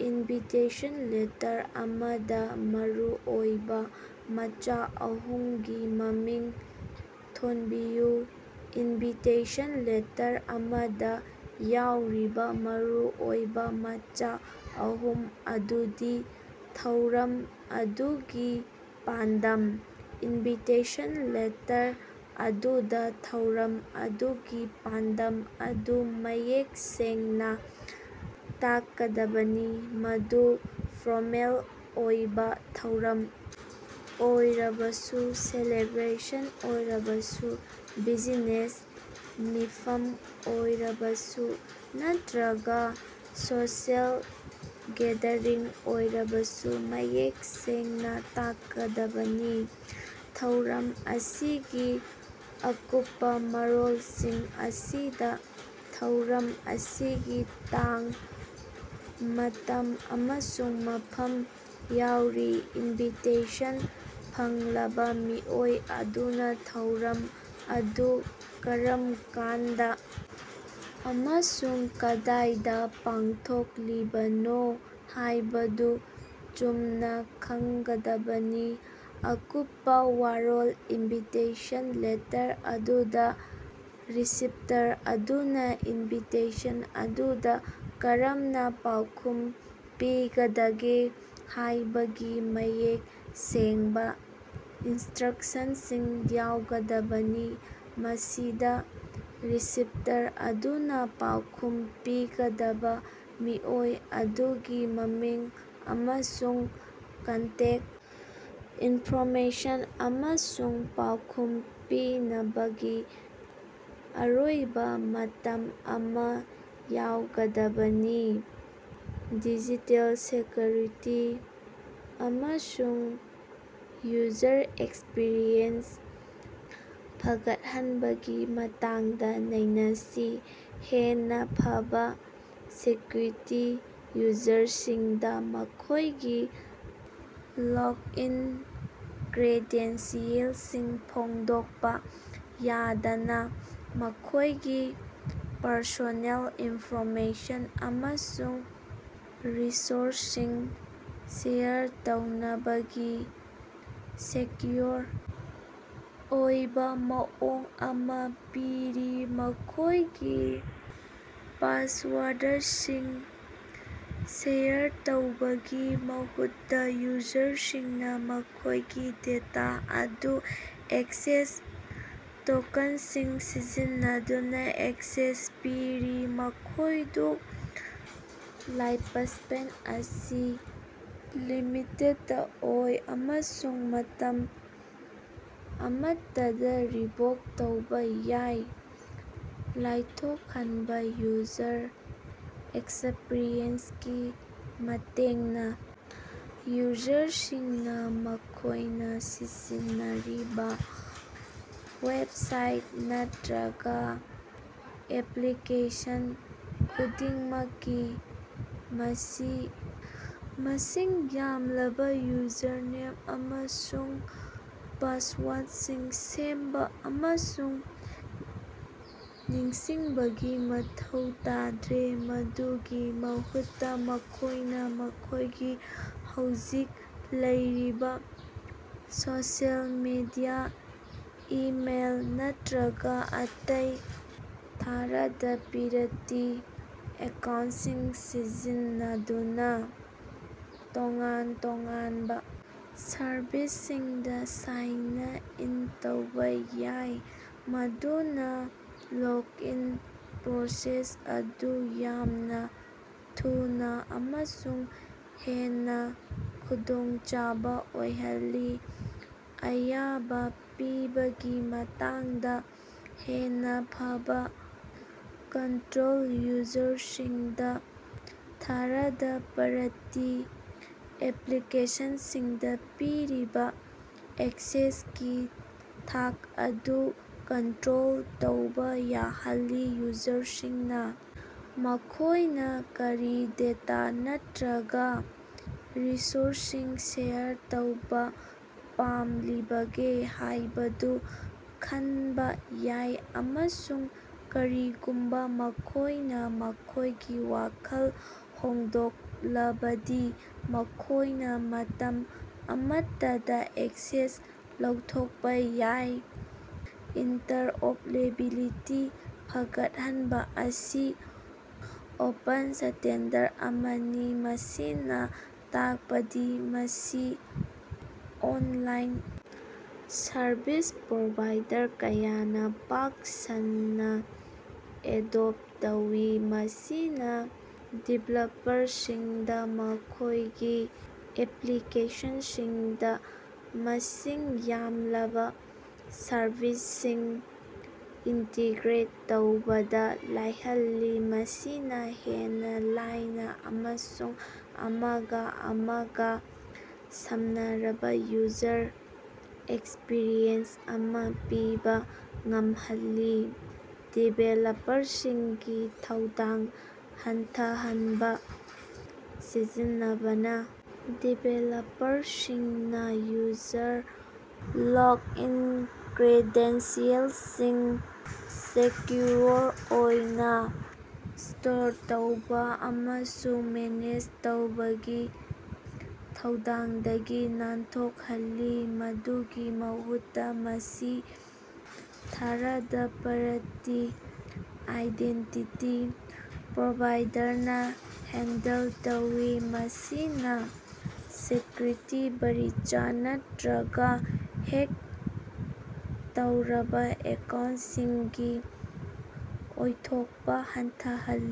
Invitation letter ꯑꯃꯗꯥ ꯃꯔꯨꯑꯣꯏꯕꯥ ꯃꯆꯥꯛ ꯑꯍꯨꯝꯒꯤ ꯃꯃꯤꯡ ꯊꯣꯟꯕꯤꯌꯨ꯫ ꯏꯟꯚꯤꯇꯦꯁꯟ ꯂꯦꯇꯔ ꯑꯃꯗꯥ ꯌꯥꯎꯔꯤꯕꯥ ꯃꯔꯨꯑꯣꯏꯕꯥ ꯃꯆꯥꯛ ꯑꯍꯨꯝ ꯑꯗꯨꯗꯤ: ꯊꯧꯔꯝ ꯑꯗꯨꯒꯤ ꯄꯥꯟꯗꯝ: ꯏꯟꯚꯤꯇꯦꯁꯟ ꯂꯦꯇꯔ ꯑꯗꯨꯗꯥ ꯊꯧꯔꯝ ꯑꯗꯨꯒꯤ ꯄꯥꯟꯗꯝ ꯑꯗꯨ ꯃꯌꯦꯛ ꯁꯦꯡꯅꯥ ꯇꯥꯛꯀꯗꯕꯅꯤ, ꯃꯗꯨ ꯐ꯭ꯔꯣꯃꯦꯜ ꯑꯣꯏꯕꯥ ꯊꯧꯔꯝ ꯑꯣꯏꯔꯕꯁꯨ, ꯁꯦꯂꯦꯕ꯭ꯔꯦꯁꯟ ꯑꯣꯏꯔꯕꯁꯨ, ꯕꯤꯖꯤꯅꯦꯁ ꯃꯤꯐꯝ ꯑꯣꯏꯔꯕꯁꯨ ꯅꯠꯇ꯭ꯔꯒꯥ ꯁꯣꯁꯤꯑꯦꯜ ꯒꯦꯗꯔꯤꯡ ꯑꯣꯏꯔꯕꯁꯨ ꯃꯌꯦꯛ ꯁꯦꯡꯅꯥ ꯇꯥꯛꯀꯥꯗꯕꯅꯤ꯫ ꯊꯧꯔꯝ ꯑꯁꯤꯒꯤ ꯑꯀꯨꯞꯄꯥ ꯃꯔꯣꯜꯁꯤꯡ: ꯑꯁꯤꯗꯥ ꯊꯧꯔꯝ ꯑꯁꯤꯒꯤ ꯇꯥꯡ, ꯃꯇꯝ ꯑꯃꯁꯨꯡ ꯃꯐꯝ ꯌꯥꯎꯔꯤ꯫ ꯏꯟꯚꯤꯇꯦꯁꯟ ꯐꯪꯂꯕꯥ ꯃꯤꯑꯣꯏ ꯑꯗꯨꯅꯥ ꯊꯧꯔꯝ ꯑꯗꯨ ꯀꯔꯝ ꯀꯥꯟꯗꯥ ꯑꯃꯁꯨꯡ ꯀꯗꯥꯏꯗꯥ ꯄꯥꯡꯊꯣꯛꯂꯤꯕꯅꯣ ꯍꯥꯏꯕꯗꯨ ꯆꯨꯝꯅꯥ ꯈꯪꯒꯗꯕꯅꯤ꯫ ꯑꯀꯨꯞꯄꯥ ꯋꯔꯣꯜ ꯏꯟꯚꯤꯇꯦꯁꯟ ꯂꯦꯇꯔ ꯑꯗꯨꯗꯥ ꯔꯤꯁꯤꯞꯇꯔ ꯑꯗꯨꯅꯥ ꯏꯟꯚꯤꯇꯦꯁꯟ ꯑꯗꯨꯗꯥ ꯀꯔꯝꯅꯥ ꯄꯥꯎꯈꯨꯝ ꯄꯤꯒꯗꯒꯦ ꯍꯥꯏꯕꯒꯤ ꯃꯌꯦꯛ ꯁꯦꯡꯕꯥ ꯏꯟꯁꯇ꯭ꯔꯛꯁꯟꯁꯤꯡ ꯌꯥꯎꯒꯗꯕꯅꯤ꯫ ꯃꯁꯤꯗꯥ ꯔꯤꯁꯤꯞꯇꯔ ꯑꯗꯨꯅꯥ ꯄꯥꯎꯈꯨꯝ ꯄꯤꯒꯗꯕꯥ ꯃꯤꯑꯣꯏ ꯑꯗꯨꯒꯤ ꯃꯃꯤꯡ ꯑꯃꯁꯨꯡ ꯀꯟꯇꯦꯛ ꯏꯟꯐꯣꯔꯃꯦꯁꯟ ꯑꯃꯁꯨꯡ ꯄꯥꯎꯈꯨꯝ ꯄꯤꯅꯕꯒꯤ ꯑꯔꯣꯏꯕꯥ ꯃꯇꯝ ꯑꯃꯥ ꯌꯥꯎꯒꯗꯕꯅꯤ꯫ ꯗꯤꯖꯤꯇꯦꯜ ꯁꯦꯀ꯭ꯌꯨꯔꯤꯇꯤ ꯑꯃꯁꯨꯡ ꯌꯨꯖꯔ ꯑꯦꯛꯁꯄꯤꯔꯤꯑꯦꯟꯁ ꯐꯒꯠꯍꯟꯕꯒꯤ ꯃꯇꯥꯡꯗꯥ ꯅꯩꯅꯁꯤ꯫ ꯍꯦꯟꯅꯥ ꯐꯕꯥ ꯁꯦꯀ꯭ꯌꯨꯔꯤꯇꯤ: ꯌꯨꯖꯔꯁꯤꯡꯗꯥ ꯃꯈꯣꯏꯒꯤ ꯂꯣꯛꯏꯟ ꯀ꯭ꯔꯦꯗꯦꯟꯁꯤꯑꯦꯜꯁꯤꯡ ꯐꯣꯡꯗꯣꯛꯄꯥ ꯌꯥꯗꯅꯥ ꯃꯈꯣꯏꯒꯤ ꯄꯔꯁꯣꯅꯦꯜ ꯏꯟꯐꯣꯔꯃꯦꯁꯟ ꯑꯃꯁꯨꯡ ꯔꯤꯁꯣꯔꯁꯁꯤꯡ ꯁꯦꯌꯔ ꯇꯧꯅꯕꯒꯤ ꯁꯦꯀ꯭ꯌꯨꯑꯣꯔ ꯑꯣꯏꯕꯥ ꯃꯑꯣꯡ ꯑꯃꯥ ꯄꯤꯔꯤ꯫ ꯃꯈꯣꯏꯒꯤ ꯄꯥꯁꯋꯥꯔꯗꯁꯤꯡ ꯁꯦꯌꯔ ꯇꯧꯕꯒꯤ ꯃꯍꯨꯠꯇꯥ, ꯌꯨꯖꯔꯁꯤꯡꯅꯥ ꯃꯈꯣꯏꯒꯤ ꯗꯦꯇꯥ ꯑꯗꯨ ꯑꯦꯛꯁꯦꯁ ꯇꯣꯀꯟꯁꯤꯡ ꯁꯤꯖꯤꯟꯅꯗꯨꯅꯥ ꯑꯦꯛꯁꯦꯁ ꯄꯤꯔꯤ, ꯃꯈꯣꯏꯗꯨ ꯂꯥꯏꯄꯁꯄꯦꯟ ꯑꯁꯤ ꯂꯤꯃꯤꯇꯦꯗ ꯑꯣꯏ ꯑꯃꯁꯨꯡ ꯃꯇꯝ ꯑꯃꯠꯇꯗꯥ ꯔꯤꯚꯣꯛ ꯇꯧꯕꯥ ꯌꯥꯏ꯫ ꯂꯥꯏꯊꯣꯛꯍꯟꯕꯥ ꯌꯨꯖꯔ ꯑꯦꯛꯁꯄꯤꯔꯤꯑꯦꯟꯁꯒꯤ ꯃꯇꯦꯡꯅꯥ ꯌꯨꯖꯔꯁꯤꯡꯅꯥ ꯃꯈꯣꯏꯅꯥ ꯁꯤꯖꯤꯟꯅꯔꯤꯕꯥ ꯋꯦꯞꯁꯥꯏꯠ ꯅꯠꯇ꯭ꯔꯒꯥ ꯑꯦꯄ꯭ꯂꯤꯀꯦꯁꯟ ꯈꯨꯗꯤꯡꯃꯛꯀꯤ ꯃꯁꯤ ꯃꯁꯤꯡ ꯌꯥꯝꯂꯕꯥ ꯌꯨꯖꯔꯅꯦꯝ ꯑꯃꯁꯨꯡ ꯄꯥꯁꯋꯥꯔꯠꯁꯤꯡ ꯁꯦꯝꯕꯥ ꯑꯃꯁꯨꯡ ꯅꯤꯡꯁꯤꯡꯕꯒꯤ ꯃꯊꯧ ꯇꯥꯗ꯭ꯔꯦ꯫ ꯃꯗꯨꯒꯤ ꯃꯍꯨꯠꯇꯥ, ꯃꯈꯣꯏꯅꯥ ꯃꯈꯣꯏꯒꯤ ꯍꯧꯖꯤꯛ ꯂꯩꯔꯤꯕꯥ ꯁꯣꯁꯤꯑꯦꯜ ꯃꯤꯗꯤꯌꯥ, ꯏꯃꯦꯜ ꯅꯠꯇ꯭ꯔꯒꯥ ꯑꯇꯩ ꯊꯥꯔꯗ ꯄꯤꯔꯥꯇꯤ ꯑꯦꯀꯥꯎꯟꯁꯤꯡ ꯁꯤꯖꯤꯟꯅꯗꯨꯅꯥ ꯇꯣꯉꯥꯟ-ꯇꯣꯉꯥꯟꯕꯥ ꯁꯔꯚꯤꯁꯁꯤꯡꯗꯥ ꯁꯥꯏꯅ ꯏꯟ ꯇꯧꯕꯥ ꯌꯥꯏ, ꯃꯗꯨꯅꯥ ꯂꯣꯛꯏꯟ ꯄ꯭ꯔꯣꯁꯦꯁ ꯑꯗꯨ ꯌꯥꯝꯅꯥ ꯊꯨꯅꯥ ꯑꯃꯁꯨꯡ ꯍꯦꯟꯅꯥ ꯈꯨꯗꯣꯡꯆꯥꯕꯥ ꯑꯣꯏꯍꯜꯂꯤ꯫ ꯑꯌꯥꯕꯥ ꯄꯤꯕꯒꯤ ꯃꯇꯥꯡꯗꯥ ꯍꯦꯟꯅꯥ ꯐꯕꯥ ꯀꯟꯇ꯭ꯔꯣꯜ: ꯌꯨꯖꯔꯁꯤꯡꯗꯥ ꯊꯥꯔꯗ ꯄꯥꯔꯇꯤ ꯑꯦꯄ꯭ꯂꯤꯀꯦꯁꯟꯁꯤꯡꯗꯥ ꯄꯤꯔꯤꯕꯥ ꯑꯦꯛꯁꯦꯁꯀꯤ ꯊꯥꯛ ꯑꯗꯨ ꯀꯟꯇ꯭ꯔꯣꯜ ꯇꯧꯕꯥ ꯌꯥꯍꯜꯂꯤ꯫ ꯌꯨꯖꯔꯁꯤꯡꯅꯥ ꯃꯈꯣꯏꯅꯥ ꯀꯔꯤ ꯗꯦꯇꯥ ꯅꯠꯇ꯭ꯔꯒꯥ ꯔꯤꯁꯣꯔꯁꯁꯤꯡ ꯁꯦꯌꯔ ꯇꯧꯕꯥ ꯄꯥꯝꯂꯤꯕꯒꯦ ꯍꯥꯏꯕꯗꯨ ꯈꯟꯕꯥ ꯌꯥꯏ ꯑꯃꯁꯨꯡ ꯀꯔꯤꯒꯨꯝꯕꯥ ꯃꯈꯣꯏꯅꯥ ꯃꯈꯣꯏꯒꯤ ꯋꯥꯈꯜ ꯍꯣꯡꯗꯣꯛꯂꯕꯗꯤ ꯃꯈꯣꯏꯅꯥ ꯃꯇꯝ ꯑꯃꯠꯇꯗꯥ ꯑꯦꯛꯁꯦꯁ ꯂꯧꯊꯣꯛꯄꯥ ꯌꯥꯏ꯫ ꯏꯟꯇꯔꯑꯣꯞꯂꯦꯕꯤꯂꯤꯇꯤ ꯐꯒꯠꯍꯟꯕꯥ ꯑꯁꯤ ꯑꯣꯄꯟ ꯁꯇꯦꯟꯗꯔ ꯑꯃꯅꯤ, ꯃꯁꯤꯅꯥ ꯇꯥꯛꯄꯗꯤ ꯃꯁꯤ ꯑꯣꯟꯂꯥꯏꯟ ꯁꯔꯚꯤꯁ ꯄ꯭ꯔꯣꯚꯥꯏꯗꯔ ꯀꯌꯥꯅꯥ ꯄꯥꯛ ꯁꯟꯅꯥ ꯑꯦꯗꯣꯞ ꯇꯧꯏ꯫ ꯃꯁꯤꯅꯥ ꯗꯤꯚꯦꯂꯞꯄꯔꯁꯤꯡꯗꯥ ꯃꯈꯣꯏꯒꯤ ꯑꯦꯄ꯭ꯂꯤꯀꯦꯁꯟꯁꯤꯡꯗꯥ ꯃꯁꯤꯡ ꯌꯥꯝꯂꯕꯥ ꯁꯔꯚꯤꯁꯁꯤꯡ ꯏꯟꯇꯤꯒ꯭ꯔꯦꯠ ꯇꯧꯕꯗꯥ ꯂꯥꯏꯍꯜꯂꯤ, ꯃꯁꯤꯅꯥ ꯍꯦꯟꯅꯥ ꯂꯥꯏꯅꯥ ꯑꯃꯁꯨꯡ ꯑꯃꯒꯥ ꯑꯃꯒꯥ ꯁꯝꯅꯔꯕꯥ ꯌꯨꯖꯔ ꯑꯦꯛꯁꯄꯤꯔꯤꯑꯦꯟꯁ ꯑꯃꯥ ꯄꯤꯕꯥ ꯉꯝꯍꯜꯂꯤ꯫ ꯗꯤꯚꯦꯂꯞꯄꯔꯁꯤꯡꯒꯤ ꯊꯧꯗꯥꯡ ꯍꯟꯊꯍꯟꯕꯥ ꯁꯤꯖꯤꯟꯅꯕꯅꯥ ꯗꯤꯚꯦꯂꯞꯄꯔꯁꯤꯡꯅꯥ ꯌꯨꯖꯔ ꯂꯣꯛꯏꯟ ꯀ꯭ꯔꯦꯗꯦꯟꯁꯤꯑꯦꯜꯁꯤꯡ ꯁꯦꯀ꯭ꯌꯨꯑꯣꯔ ꯑꯣꯏꯅꯥ ꯁ꯭ꯇꯣꯔ ꯇꯧꯕꯥ ꯑꯃꯁꯨꯡ ꯃꯦꯅꯦꯖ ꯇꯧꯕꯒꯤ ꯊꯧꯗꯥꯡꯗꯒꯤ ꯅꯥꯟꯊꯣꯛꯍꯜꯂꯤ꯫ ꯃꯗꯨꯒꯤ ꯃꯍꯨꯠꯇꯥ, ꯃꯁꯤ ꯊꯥꯔꯗ ꯄꯥꯔꯇꯤ ꯑꯥꯏꯗꯦꯟꯇꯤꯇꯤ ꯄ꯭ꯔꯣꯚꯥꯏꯗꯔꯅꯥ ꯍꯦꯟꯗꯜ ꯇꯧꯏ, ꯃꯁꯤꯅꯥ ꯁꯦꯀ꯭ꯌꯨꯔꯤꯇꯤ ꯕꯔꯤꯆꯥ ꯅꯠꯇ꯭ꯔꯒꯥ ꯍꯦꯛ ꯇꯧꯔꯕꯥ ꯑꯦꯀꯥꯎꯟꯁꯤꯡꯒꯤ ꯑꯣꯏꯊꯣꯛꯄꯥ ꯍꯟꯊꯍꯜꯂꯤ꯫